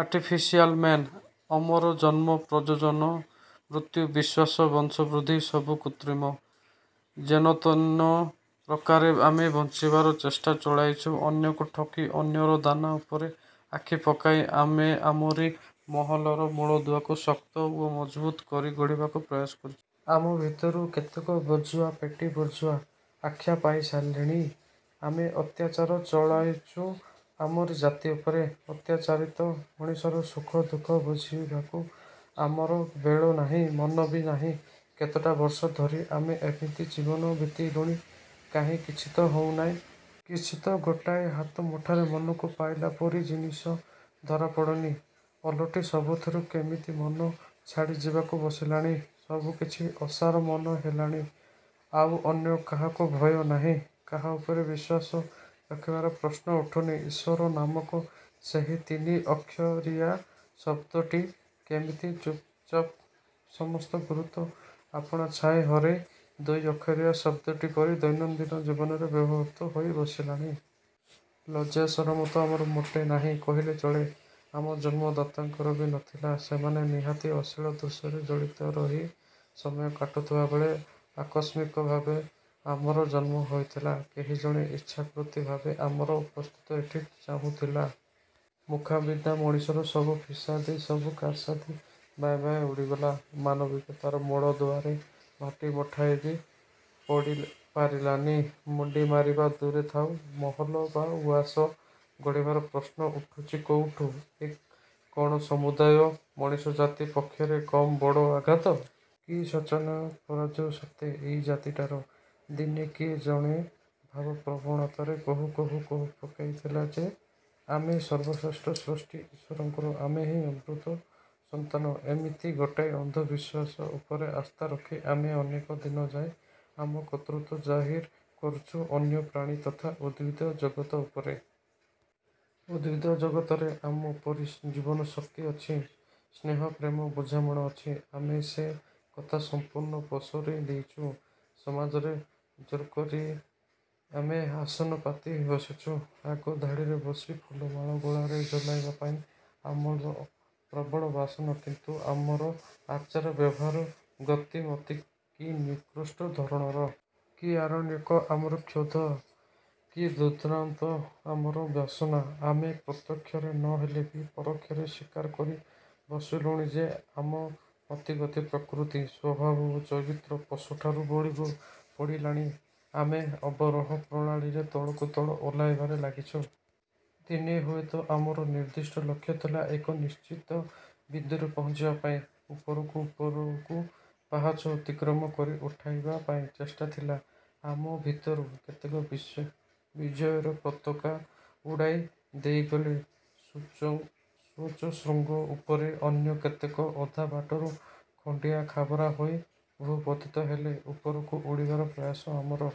Artificial man. ଅମର ଜନ୍ମ, ପ୍ରଜନନ, ମୃତ୍ୟୁ, ବିଶ୍ୱାସ, ବଂଶବୁଦ୍ଧି-ସବୁ କୃତ୍ରିମ। ଯେନତେନ ପ୍ରକାରେ ଆମେ ବଞ୍ଚିବାର ଚେଷ୍ଟା ଚଳାଇଛୁ। ଅନ୍ୟକୁ ଠକି, ଅନ୍ୟର ଦାନା ଉପରେ ଆଖି ପକାଇ, ଆମେ ଆମରି ମହଲର ମୂଳଦୁଆକୁ ଶକ୍ତ ଓ ମଜବୁତ୍ କରି ଗଢ଼ିବାକୁ ପ୍ରୟାସ କରିଛୁ। ଆମ ଭିତରୁ କେତେକ ବୁର୍ଜୁଆ, ପେଟି ବୁର୍ଜୁଆ ଆଖ୍ୟା ପାଇ ସାରିଲେଣି। ଆମେ ଅତ୍ୟାଚାର ଚଳାଇଛୁ ଆମରି ଜାତି ଉପରେ। ଅତ୍ୟାଚାରିତ ମଣିଷର ସୁଖଦୁଃଖ ବୁଝିବାକୁ ଆମର ବେଳ ନାହିଁ। ମନ ବି ନାହିଁ। କେତେଟା' ବର୍ଷ ଧରି ଆମେ ଏମିତି ଜୀବନ ବିତେଇଲୁଣି। କାହିଁ କିଛିତ ହେଉନାହିଁ। କିଛିତ ଗୋଟାଏ ହାତ ମୁଠାରେ ମନକୁ ପାଇଲା ପରି ଜିନିଷ ଧରା ପଡ଼ୁନି। ଓଲଟି ସବୁଥିରୁ କେମିତି ମନ ଛାଡ଼ି ଯିବାକୁ ବସିଲାଣି। ସବୁକିଛି ଅସାର ମନେ ହେଲାଣି। ଆଉ ଅନ୍ୟ କାହାକୁ ଭୟ ନାହିଁ। କାହା ଉପରେ ବିଶ୍ୱାସ ରଖିବାର ପ୍ରଶ୍ନ ଉଠୁନି। ଈଶ୍ୱର ନାମକ ସେହି ତିନିଅକ୍ଷରିଆ ଶବ୍ଦଟି କେମିତି ଚୁପ୍ଚାପ୍ ସମସ୍ତ ଗୁରୁତ୍ୱ ଆପଣାଛାଏଁ ହରେଇ ଦୁଇ ଅକ୍ଷରିଆ ଶବ୍ଦଟି ପରି ଦୈନନ୍ଦିନ ଜୀବନରେ ବ୍ୟବହୃତ ହୋଇ ବସିଲାଣି। ଲଜ୍ଜା ସରମତ ଆମର ମୋଟେ ନାହିଁ କହିଲେ ଚଳେ। ଆମ ଜନ୍ମଦାତାଙ୍କର ବି ନ ଥିଲା। ସେମାନେ ନିହାତି ଅଶ୍ଳୀଳ ଦୃଶ୍ୟରେ ଜଡ଼ିତ ରହି ସମୟ କାଟୁଥିବା ବେଳେ ଆକସ୍ମିକ ଭାବେ ଆମର ଜନ୍ମ ହୋଇଥିଲା। କେହି ଜଣେ ଇଚ୍ଛାକୃତି ଭାବେ ଆମର ଉପସ୍ଥିତ ଏଠି ଚାହୁଁଥିଲା-? ମୁଖାପିନ୍ଧା ମଣିଷର ସବୁ ଫିସାଦି, ସବୁ କାରସାଦି ବାଏଁ ବାଏଁ ଉଡ଼ିଗଲା। ମାନବିକତାର ମୂଳଦୁଆରେ ମାଟି ମୁଠାଏ ବି ପଡ଼ି ପାରିଲାନି। ମୁଣ୍ତି ମାରିବା ଦୂରେ ଥାଉ। ମହଲ ବା ଉଆସ ଗଢ଼ିବାର ପ୍ରଶ୍ନ ଉଠୁଛି କୋଉଠି? ଏ କ'ଣ ସମୁଦାୟ ମଣିଷ ଜାତି ପକ୍ଷରେ କମ୍ ବଡ଼ ଆଘାତ। କି ଶୋଚନୀୟ ପରାଜୟ ସତେ ଏଇ ଜାତିଟାର। ଦିନେ କିଏ ଜଣେ ଭାବପ୍ରବଣତାରେ କହୁ କହୁ କହି ପକାଇଥିଲା ଯେ, 'ଆମେ ସର୍ବଶ୍ରେଷ୍ଠ ସୃଷ୍ଟି ଈଶ୍ୱରଙ୍କର। ଆମେହିଁ ଅମୃତର ସନ୍ତାନ-। ' ଏମିତି ଗୋଟାଏ ଅନ୍ଧବିଶ୍ୱାସ ଉପରେ ଆସ୍ଥାରଖି ଆମେ ଅନେକ ଦିନ ଯାଏ ଆମ କର୍ତ୍ତୃତ୍ୱ ଜାହିର କରିଛୁ ଅନ୍ୟ ପ୍ରାଣୀ ତଥା ଉଦ୍ଭିଦ ଜଗତ ଉପରେ। ଉଦ୍ଭିଦ ଜଗତରେ ବି ଆମପରି ଜୀବନୀ ଶକ୍ତି ଅଛି। ସ୍ନେହ ପ୍ରେମ ବୁଝାମଣା ଅଛି। ଆମେ ସେ କଥା ସମ୍ପୂର୍ଣ୍ଣ ପାସୋରି ଦେଇଛୁ-। ସମାଜରେ ଜୋର୍କରି ଆମେ ଆସନ ପାତି ବସିଛୁ। ଆଗ ଧାଡ଼ିରେ ବସି ଫୁଲମାଳ ଗଳାରେ ଝୁଲାଇବା ପାଇଁ ଆମର ପ୍ରବଳ ବାସନା କିନ୍ତୁ ଆମର ଆଚାର, ବ୍ୟବହାର ଗତିମତି କି ନିକୃଷ୍ଟ ଧରଣର! କି ଆରଣ୍ୟକ ଆମର କ୍ଷୁଧା! କି ଦୁର୍ଦ୍ଦାନ୍ତ ଆମର ବାସନା! ଆମେ ପ୍ରତ୍ୟକ୍ଷରେ ନ ହେଲେ ବି ପରୋକ୍ଷରେ ସ୍ୱୀକାର କରି ବସିଲୁଣି ଯେ ଆମ ମତିଗତି ପ୍ରକୃତି, ସ୍ୱଭାବ ଓ ଚରିତ୍ର ପଶୁଠାରୁ ବଳି ପଡ଼ିଲାଣି। ଆମେ ଅବରୋହ ପ୍ରଣାଳୀରେ ତଳକୁ ତଳକୁ ଓହ୍ଲାଇବାରେ ଲାଗିଛୁ-। ଦିନେ ହୁଏତ ଆମର ନିର୍ଦ୍ଦିଷ୍ଟ ଲକ୍ଷ୍ୟ ଥିଲା। ଏକ ନିଶ୍ଚିତ ବିନ୍ଦୁରେ ପହଞ୍ଚିବା ପାଇଁ, ଉପରକୁ ଉପରକୁ ପାହାଚ ଅତିକ୍ରମ କରି ଉଠିବା ପାଇଁ ଚେଷ୍ଟା ଥିଲା। ଆମ ଭିତରୁ କେତେକ ବିଜୟର ପତାକା ଉଡ଼ାଇ ଦେଇଗଲେ ସୁଉଚ୍ଚ ଶୃଙ୍ଗ ଉପରେ। ଅନ୍ୟ କେତେକ ଅଧା ବାଟରୁ ଖଣ୍ତିଆ ଖାବରା ହୋଇ ଭୂପତିତ ହେଲେ। ଉପରକୁ ଉଡ଼ିବାର ପ୍ରୟାସ ଆମର